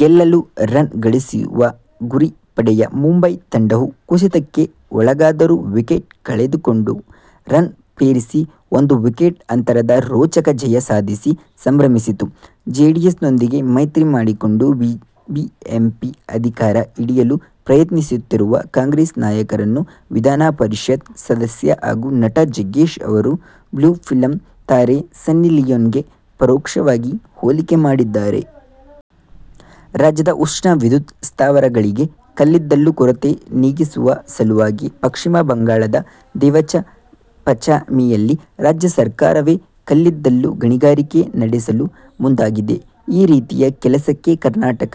ಗೆಲ್ಲಲು ರನ್ ಗಳಿಸುವ ಗುರಿ ಪಡೆದ ಮುಂಬಯಿ ತಂಡವೂ ಕುಸಿತಕ್ಕೆ ಒಳಗಾದರೂ ವಿಕೆಟ್ ಕಳೆದುಕೊಂಡು ರನ್ ಪೇರಿಸಿ ಒಂದು ವಿಕೆಟ್ ಅಂತರದ ರೋಚಕ ಜಯ ಸಾಧಿಸಿ ಸಂಭ್ರಮಿಸಿತು. ಜೆಡಿಎಸ್ನೊಂದಿಗೆ ಮೈತ್ರಿ ಮಾಡಿಕೊಂಡು ಬಿಬಿಎಂಪಿ ಅಧಿಕಾರ ಹಿಡಿಯಲು ಪ್ರಯತ್ನಿಸುತ್ತಿರುವ ಕಾಂಗ್ರೆಸ್ ನಾಯಕರನ್ನು ವಿಧಾನಪರಿಷತ್ ಸದಸ್ಯ ಹಾಗೂ ನಟ ಜಗ್ಗೇಶ್ ಅವರು ಬ್ಲೂ ಫಿಲಂ ತಾರೆ ಸನ್ನಿ ಲಿಯೋನ್ಗೆ ಪರೋಕ್ಷವಾಗಿ ಹೋಲಿಕೆ ಮಾಡಿದ್ದಾರೆ. ರಾಜ್ಯದ ಉಷ್ಣ ವಿದ್ಯುತ್ ಸ್ಥಾವರಗಳಿಗೆ ಕಲ್ಲಿದ್ದಲು ಕೊರತೆ ನೀಗಿಸುವ ಸಲುವಾಗಿ ಪಶ್ಚಿಮ ಬಂಗಾಳದ ದೇವಚ-ಪಚಾಮಿಯಲ್ಲಿ ರಾಜ್ಯ ಸರ್ಕಾರವೇ ಕಲ್ಲಿದ್ದಲು ಗಣಿಗಾರಿಕೆ ನಡೆಸಲು ಮುಂದಾಗಿದೆ. ಈ ರೀತಿಯ ಕೆಲಸಕ್ಕೆ ಕರ್ನಾಟಕ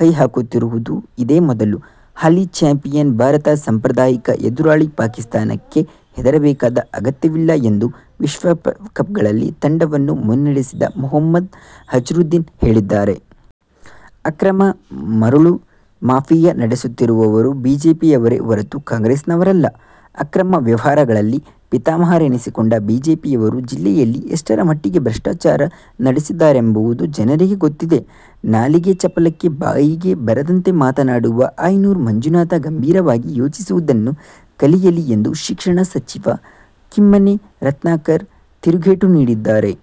ಕೈಹಾಕುತ್ತಿರುವುದು ಇದೇ ಮೊದಲು. ಹಾಲಿ ಚಾಂಪಿಯನ್ ಭಾರತ ಸಾಂಪ್ರದಾಯಿಕ ಎದುರಾಳಿ ಪಾಕಿಸ್ಥಾನಕ್ಕೆ ಹೆದರಬೇಕಾದ ಅಗತ್ಯವಿಲ್ಲ ಎಂದು ವಿಶ್ವಕಪ್ಗ್ಳಲ್ಲಿ ತಂಡವನ್ನು ಮುನ್ನಡೆಸಿದ ಮೊಹಮ್ಮದ್ ಅಜರುದ್ದೀನ್ ಹೇಳಿದ್ದಾರೆ. ಅಕ್ರಮ ಮರಳು ಮಾಫಿಯಾ ನಡೆಸುತ್ತಿರುವವರು ಬಿಜೆಪಿಯವರೇ ಹೊರತು ಕಾಂಗ್ರೆಸ್ಸಿಗರಲ್ಲ. ಅಕ್ರಮ ವ್ಯವಹಾರಗಳಲ್ಲಿ ಪಿತಾಮಹರೆನಿಸಿಕೊಂಡ ಬಿಜೆಪಿಯವರು ಜಿಲ್ಲೆಯಲ್ಲಿ ಎಷ್ಟರಮಟ್ಟಿಗೆ ಭ್ರಷ್ಟಾಚಾರ ನಡೆಸಿದ್ದಾರೆಂಬುದು ಜನರಿಗೆ ಗೊತ್ತಿದೆ. ನಾಲಿಗೆ ಚಪಲಕ್ಕೆ ಬಾಯಿಗೆ ಬಂದಂತೆ ಮಾತನಾಡುವ ಆಯನೂರು ಮಂಜುನಾಥ್ ಗಂಭೀರವಾಗಿ ಯೋಚಿಸುವುದನ್ನು ಕಲಿಯಲಿ ಎಂದು ಶಿಕ್ಷಣ ಸಚಿವ ಕಿಮ್ಮನೆ ರತ್ನಾಕರ್ ತಿರುಗೇಟು ನೀಡಿದರು.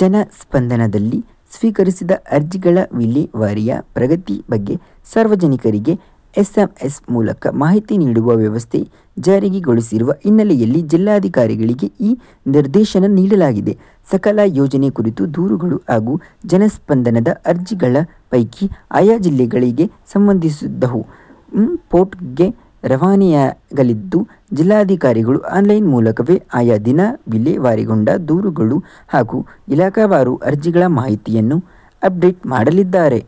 ಜನಸ್ಪಂದನದಲ್ಲಿ ಸ್ವೀಕರಿಸಿದ ಅರ್ಜಿಗಳ ವಿಲೇವಾರಿಯ ಪ್ರಗತಿ ಬಗ್ಗೆ ಸಾರ್ವಜನಿಕರಿಗೆ ಎಸ್ಎಂಎಸ್ ಮೂಲಕ ಮಾಹಿತಿ ನೀಡುವ ವ್ಯವಸ್ಥೆ ಜಾರಿಗೊಳಿಸಿರುವ ಹಿನ್ನೆಲೆಯಲ್ಲಿ ಜಿಲ್ಲಾಧಿಕಾರಿಗಳಿಗೆ ಈ ನಿರ್ದೇಶನ ನೀಡಲಾಗಿದೆ. ಸಕಾಲ ಯೋಜನೆ ಕುರಿತ ದೂರುಗಳು ಹಾಗೂ ಜನ ಸ್ಪಂದನದ ಅರ್ಜಿಗಳ ಪೈಕಿ ಆಯಾ ಜಿಲ್ಲೆಗಳಿಗೆ ಸಂಬಂಧಿಸಿದವು ಪೋರ್ಟಲ್ಗೆ ರವಾನೆಯಾಗಲಿದ್ದು ಜಿಲ್ಲಾಧಿಕಾರಿಗಳು ಆನ್ಲೈನ್ ಮೂಲಕವೇ ಆಯಾ ದಿನ ವಿಲೇವಾರಿಗೊಂಡ ದೂರುಗಳು ಹಾಗೂ ಇಲಾಖಾವಾರು ಅರ್ಜಿಗಳ ಮಾಹಿತಿಯನ್ನು ಅಪ್ಡೇಟ್ ಮಾಡಲಿದ್ದಾರೆ.